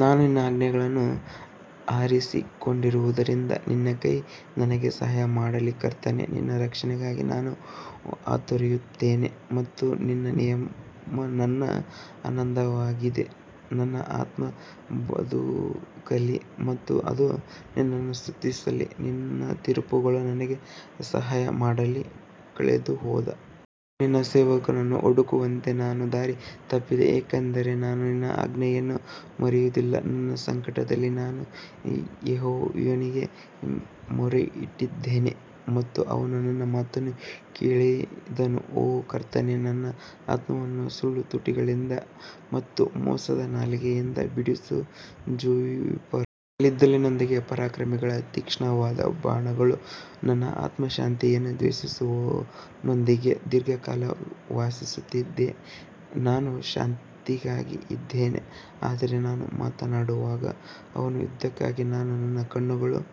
ನಾನು ನಿನ್ನ ಆಜ್ಞೆಗಳನ್ನು ಆರಿಸಿಕೊಂಡಿರುವುದರಿಂದ ನಿನ್ನ ಕೈ ನನಗೆ ಸಹಾಯ ಮಾಡಲಿ ಕರ್ತನೇ, ನಿನ್ನ ರಕ್ಷಣೆಗಾಗಿ ನಾನು ಹಾತೊರೆಯುತ್ತಿದ್ದೇನೆ ಮತ್ತು ನಿನ್ನ ನಿಯಮವು ನನ್ನ ಆನಂದವಾಗಿದೆ ನನ್ನ ಆತ್ಮವು ಬದುಕಲಿ ಮತ್ತು ಅದು ನಿನ್ನನ್ನು ಸ್ತುತಿಸಲಿ ಮತ್ತು ನಿನ್ನ ತೀರ್ಪುಗಳು ನನಗೆ ಸಹಾಯ ಮಾಡಲಿ ಕಳೆದುಹೋದ ಕುರಿಯು ನಿನ್ನ ಸೇವಕನನ್ನು ಹುಡುಕುವಂತೆ ನಾನು ದಾರಿ ತಪ್ಪಿದೆ, ಏಕೆಂದರೆ ನಾನು ನಿನ್ನ ಆಜ್ಞೆಗಳನ್ನು ಮರೆಯುವುದಿಲ್ಲ ನನ್ನ ಸಂಕಟದಲ್ಲಿ ನಾನು ಯೆಹೋವನಿಗೆ ಮೊರೆಯಿಟ್ಟಿದ್ದೇನೆ ಮತ್ತು ಆತನು ನನ್ನ ಮಾತನ್ನು ಕೇಳಿದನು ಓ ಕರ್ತನೇ ನನ್ನ ಆತ್ಮವನ್ನು ಸುಳ್ಳು ತುಟಿಗಳಿಂದ ಮತ್ತು ಮೋಸದ ನಾಲಿಗೆಯಿಂದ ಬಿಡಿಸು ಜುನಿಪರ್ ಕಲ್ಲಿದ್ದಲಿನೊಂದಿಗೆ ಪರಾಕ್ರಮಿಗಳ ತೀಕ್ಷ್ಣವಾದ ಬಾಣಗಳು ನನ್ನ ಆತ್ಮವು ಶಾಂತಿಯನ್ನು ದ್ವೇಷಿಸುವವನೊಂದಿಗೆ ದೀರ್ಘಕಾಲ ವಾಸಿಸುತ್ತಿದೆ ನಾನು ಶಾಂತಿಗಾಗಿ ಇದ್ದೇನೆ ಆದರೆ ನಾನು ಮಾತನಾಡುವಾಗ ಅವರು ಯುದ್ಧಕ್ಕಾಗಿ ನಾನು ನನ್ನ ಕಣ್ಣುಗಳನ್ನು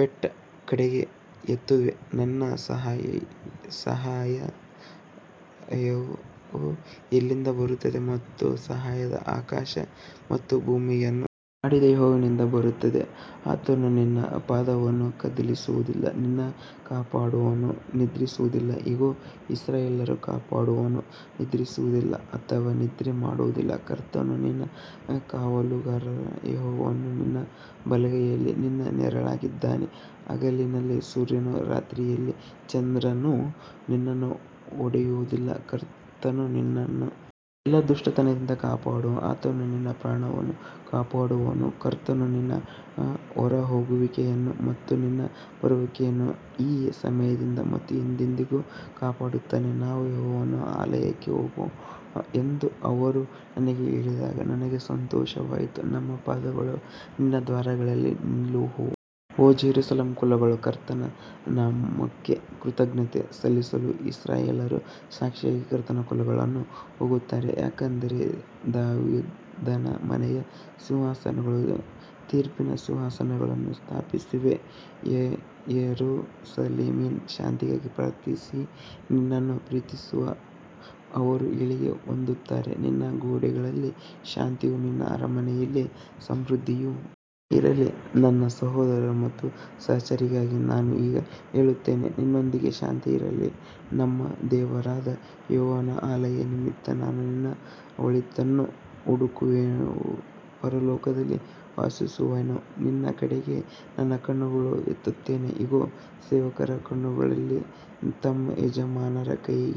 ಬೆಟ್ಟಗಳ ಕಡೆಗೆ ಎತ್ತುವೆನು, ನನ್ನ ಸಹಾಯವು ಎಲ್ಲಿಂದ ಬರುತ್ತದೆ ನನ್ನ ಸಹಾಯವು ಆಕಾಶ ಮತ್ತು ಭೂಮಿಯನ್ನು ಮಾಡಿದ ಯೆಹೋವನಿಂದ ಬರುತ್ತದೆ ಆತನು ನಿನ್ನ ಪಾದವನ್ನು ಕದಲಿಸುವುದಿಲ್ಲ, ನಿನ್ನನ್ನು ಕಾಪಾಡುವವನು ನಿದ್ರಿಸುವುದಿಲ್ಲ ಇಗೋ, ಇಸ್ರಾಯೇಲನ್ನು ಕಾಪಾಡುವವನು ನಿದ್ರಿಸುವುದಿಲ್ಲ ಅಥವಾ ನಿದ್ರೆ ಮಾಡುವುದಿಲ್ಲ ಕರ್ತನು ನಿನ್ನ ಕಾವಲುಗಾರನು ಯೆಹೋವನು ನಿನ್ನ ಬಲಗೈಯಲ್ಲಿ ನಿನ್ನ ನೆರಳಾಗಿದ್ದಾನೆ ಹಗಲಿನಲ್ಲಿ ಸೂರ್ಯನೂ ರಾತ್ರಿಯಲ್ಲಿ ಚಂದ್ರನೂ ನಿನ್ನನ್ನು ಹೊಡೆಯುವುದಿಲ್ಲ ಕರ್ತನು ನಿನ್ನನ್ನು ಎಲ್ಲಾ ದುಷ್ಟತನದಿಂದ ಕಾಪಾಡುವನು, ಆತನು ನಿನ್ನ ಪ್ರಾಣವನ್ನು ಕಾಪಾಡುವನು ಕರ್ತನು ನಿನ್ನ ಹೊರಹೋಗುವಿಕೆಯನ್ನು ಮತ್ತು ನಿನ್ನ ಬರುವಿಕೆಯನ್ನು ಈ ಸಮಯದಿಂದ ಮತ್ತು ಎಂದೆಂದಿಗೂ ಕಾಪಾಡುತ್ತಾನೆ ನಾವು ಯೆಹೋವನ ಆಲಯಕ್ಕೆ ಹೋಗೋಣ ಎಂದು ಅವರು ನನಗೆ ಹೇಳಿದಾಗ ನನಗೆ ಸಂತೋಷವಾಯಿತು ನಮ್ಮ ಪಾದಗಳು ನಿನ್ನ ದ್ವಾರಗಳಲ್ಲಿ ನಿಲ್ಲುವವು ಓ ಜೆರುಸಲೇಮ್ ಕುಲಗಳು ಕರ್ತನ ನಾಮಕ್ಕೆ ಕೃತಜ್ಞತೆ ಸಲ್ಲಿಸಲು ಇಸ್ರಾಯೇಲ್ಯರ ಸಾಕ್ಷಿಗಾಗಿ ಕರ್ತನ ಕುಲಗಳನ್ನು ಹೋಗುತ್ತಾರೆ ಯಾಕಂದರೆ ದಾವೀದನ ಮನೆಯ ಸಿಂಹಾಸನಗಳು ತೀರ್ಪಿನ ಸಿಂಹಾಸನಗಳನ್ನು ಸ್ಥಾಪಿಸಿವೆ ಯೆರೂಸಲೇಮಿನ ಶಾಂತಿಗಾಗಿ ಪ್ರಾರ್ಥಿಸು ನಿನ್ನನ್ನು ಪ್ರೀತಿಸುವ ಅವರು ಏಳಿಗೆ ಹೊಂದುತ್ತಾರೆ ನಿನ್ನ ಗೋಡೆಗಳಲ್ಲಿ ಶಾಂತಿಯೂ ನಿನ್ನ ಅರಮನೆಗಳಲ್ಲಿ ಸಮೃದ್ಧಿಯೂ ಇರಲಿ ನನ್ನ ಸಹೋದರರು ಮತ್ತು ಸಹಚರರಿಗಾಗಿ ನಾನು ಈಗ ಹೇಳುತ್ತೇನೆ ನಿನ್ನೊಳಗೆ ಶಾಂತಿ ಇರಲಿ ನಮ್ಮ ದೇವರಾದ ಯೆಹೋವನ ಆಲಯದ ನಿಮಿತ್ತ ನಾನು ನಿನ್ನ ಒಳಿತನ್ನು ಹುಡುಕುವೆನು ಪರಲೋಕದಲ್ಲಿ ವಾಸಿಸುವವನೇ, ನಿನ್ನ ಕಡೆಗೆ ನನ್ನ ಕಣ್ಣುಗಳನ್ನು ಎತ್ತುತ್ತೇನೆ ಇಗೋ, ಸೇವಕರ ಕಣ್ಣುಗಳು ತಮ್ಮ ಯಜಮಾನರ ಕೈಯ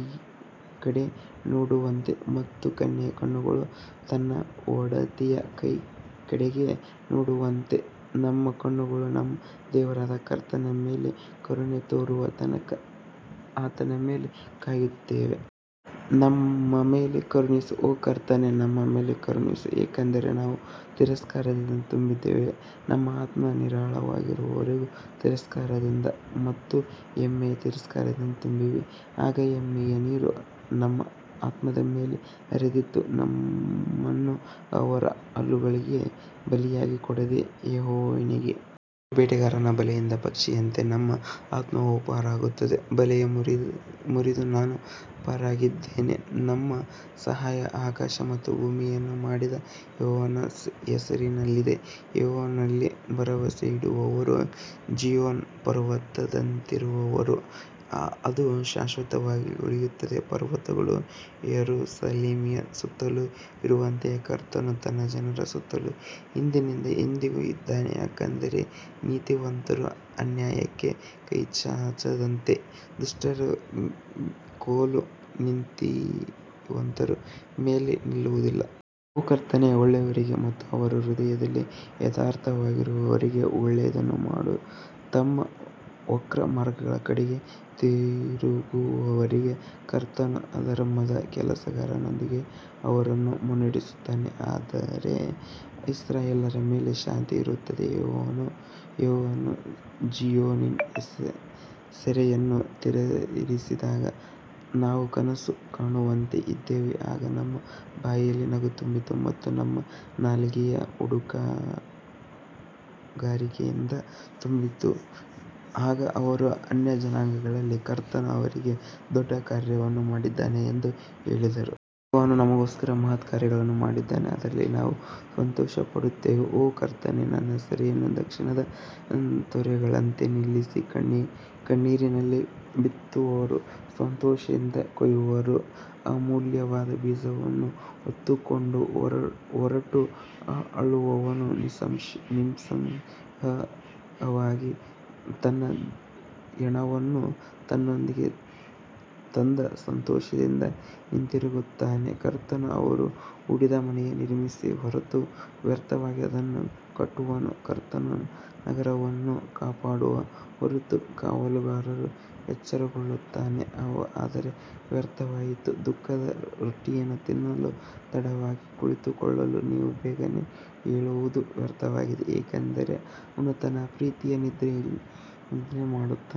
ಕಡೆಗೆ ನೋಡುವಂತೆ ಮತ್ತು ಕನ್ಯೆಯ ಕಣ್ಣುಗಳು ತನ್ನ ಒಡತಿಯ ಕೈಯ ಕಡೆಗೆ ನೋಡುವಂತೆ ನಮ್ಮ ಕಣ್ಣುಗಳು ನಮ್ಮ ದೇವರಾದ ಕರ್ತನು ನಮ್ಮ ಮೇಲೆ ಕರುಣೆ ತೋರುವ ತನಕ ಆತನ ಮೇಲೆ ಕಾಯುತ್ತಿವೆ. ನಮ್ಮ ಮೇಲೆ ಕರುಣಿಸು ಓ ಕರ್ತನೇ ನಮ್ಮ ಮೇಲೆ ಕರುಣಿಸು, ಏಕೆಂದರೆ ನಾವು ತಿರಸ್ಕಾರದಿಂದ ತುಂಬಿದ್ದೇವೆ ನಮ್ಮ ಆತ್ಮವು ನಿರಾಳವಾಗಿರುವವರ ತಿರಸ್ಕಾರದಿಂದ ಮತ್ತು ಹೆಮ್ಮೆಯ ತಿರಸ್ಕಾರದಿಂದ ತುಂಬಿದೆ. ಆಗ ಹೆಮ್ಮೆಯ ನೀರು ನಮ್ಮ ಆತ್ಮದ ಮೇಲೆ ಹರಿದಿತ್ತು ನಮ್ಮನ್ನು ಅವರ ಹಲ್ಲುಗಳಿಗೆ ಬಲಿಯಾಗಿ ಕೊಡದ ಯೆಹೋವನಿಗೆ ಸ್ತೋತ್ರ ಬೇಟೆಗಾರರ ಬಲೆಯಿಂದ ಪಕ್ಷಿಯಂತೆ ನಮ್ಮ ಆತ್ಮವು ಪಾರಾಗುತ್ತದೆ, ಬಲೆ ಮುರಿದು ನಾವು ಪಾರಾಗಿದ್ದೇವೆ ನಮ್ಮ ಸಹಾಯವು ಆಕಾಶ ಮತ್ತು ಭೂಮಿಯನ್ನು ಮಾಡಿದ ಯೆಹೋವನ ಹೆಸರಿನಲ್ಲಿದೆ ಯೆಹೋವನಲ್ಲಿ ಭರವಸವಿಡುವವರು ಚೀಯೋನ್ ಪರ್ವತದಂತಿರುವರು, ಅದು ಶಾಶ್ವತವಾಗಿ ಉಳಿಯುತ್ತದೆ ಪರ್ವತಗಳು ಯೆರೂಸಲೇಮಿನ ಸುತ್ತಲೂ ಇರುವಂತೆಯೇ ಕರ್ತನು ತನ್ನ ಜನರ ಸುತ್ತಲೂ ಇಂದಿನಿಂದ ಎಂದೆಂದಿಗೂ ಇದ್ದಾನೆ ಯಾಕಂದರೆ ನೀತಿವಂತರು ಅನ್ಯಾಯಕ್ಕೆ ಕೈಚಾಚದಂತೆ ದುಷ್ಟರ ಕೋಲು ನೀತಿವಂತರ ಮೇಲೆ ನಿಲ್ಲುವುದಿಲ್ಲ. ಓ ಕರ್ತನೇ, ಒಳ್ಳೆಯವರಿಗೆ ಮತ್ತು ಅವರ ಹೃದಯದಲ್ಲಿ ಯಥಾರ್ಥವಾಗಿರುವವರಿಗೆ ಒಳ್ಳೆಯದನ್ನು ಮಾಡು ತಮ್ಮ ವಕ್ರ ಮಾರ್ಗಗಳ ಕಡೆಗೆ ತಿರುಗುವವರಿಗೆ ಕರ್ತನು ಅಧರ್ಮದ ಕೆಲಸಗಾರರೊಂದಿಗೆ ಅವರನ್ನು ಮುನ್ನಡೆಸುತ್ತಾನೆ ಆದರೆ ಇಸ್ರಾಯೇಲ್ಯರ ಮೇಲೆ ಶಾಂತಿ ಇರುತ್ತದೆ ಯೆಹೋವನು ಚೀಯೋನಿನ ಸೆರೆಯನ್ನು ತಿರುಗಿಸಿದಾಗ ನಾವು ಕನಸು ಕಾಣುವವರಂತೆ ಇದ್ದೆವು ಆಗ ನಮ್ಮ ಬಾಯಲ್ಲಿ ನಗು ತುಂಬಿತ್ತು ಮತ್ತು ನಮ್ಮ ನಾಲಿಗೆಯು ಹಾಡುಗಾರಿಕೆಯಿಂದ ತುಂಬಿತ್ತು, ಆಗ ಅವರು ಅನ್ಯಜನಾಂಗಗಳಲ್ಲಿ ಕರ್ತನು ಅವರಿಗೆ ದೊಡ್ಡ ಕಾರ್ಯಗಳನ್ನು ಮಾಡಿದ್ದಾನೆ ಎಂದು ಹೇಳಿದರು. ಯೆಹೋವನು ನಮಗೋಸ್ಕರ ಮಹತ್ಕಾರ್ಯಗಳನ್ನು ಮಾಡಿದ್ದಾನೆ ಅದರಲ್ಲಿ ನಾವು ಸಂತೋಷಪಡುತ್ತೇವೆ ಓ ಕರ್ತನೇ, ನಮ್ಮ ಸೆರೆಯನ್ನು ದಕ್ಷಿಣದ ತೊರೆಗಳಂತೆ ತಿರುಗಿಸಿ ಕಣ್ಣೀರಿನಲ್ಲಿ ಬಿತ್ತುವವರು ಸಂತೋಷದಿಂದ ಕೊಯ್ಯುವರು ಅಮೂಲ್ಯವಾದ ಬೀಜವನ್ನು ಹೊತ್ತುಕೊಂಡು ಹೊರಟು ಅಳುವವನು ನಿಸ್ಸಂದೇಹವಾಗಿ ತನ್ನ ಹೆಣಗಳನ್ನು ತನ್ನೊಂದಿಗೆ ತಂದ ಸಂತೋಷದಿಂದ ಹಿಂತಿರುಗುತ್ತಾನೆ ಕರ್ತನು ಅವರು ದುಡಿದ ಮನೆಯನ್ನು ನಿರ್ಮಿಸದ ಹೊರತು ವ್ಯರ್ಥವಾಗಿ ಅದನ್ನು ಕಟ್ಟುವದು ಕರ್ತನು ನಗರವನ್ನು ಕಾಪಾಡುವ ಹೊರತು ಕಾವಲುಗಾರನು ಎಚ್ಚರಗೊಳ್ಳುತ್ತಾನೆ ಆದರೆ ವ್ಯರ್ಥವಾಯಿತು ದುಃಖದ ರೊಟ್ಟಿಯನ್ನು ತಿನ್ನಲು ತಡವಾಗಿ ಕುಳಿತುಕೊಳ್ಳಲು ನೀವು ಬೇಗನೆ ಏಳುವುದು ವ್ಯರ್ಥವಾಗಿದೆ, ಏಕೆಂದರೆ ಅವನು ತನ್ನ ಪ್ರೀತಿಯ ನಿದ್ರೆಯನ್ನು ನೀಡುತ್ತಾನೆ.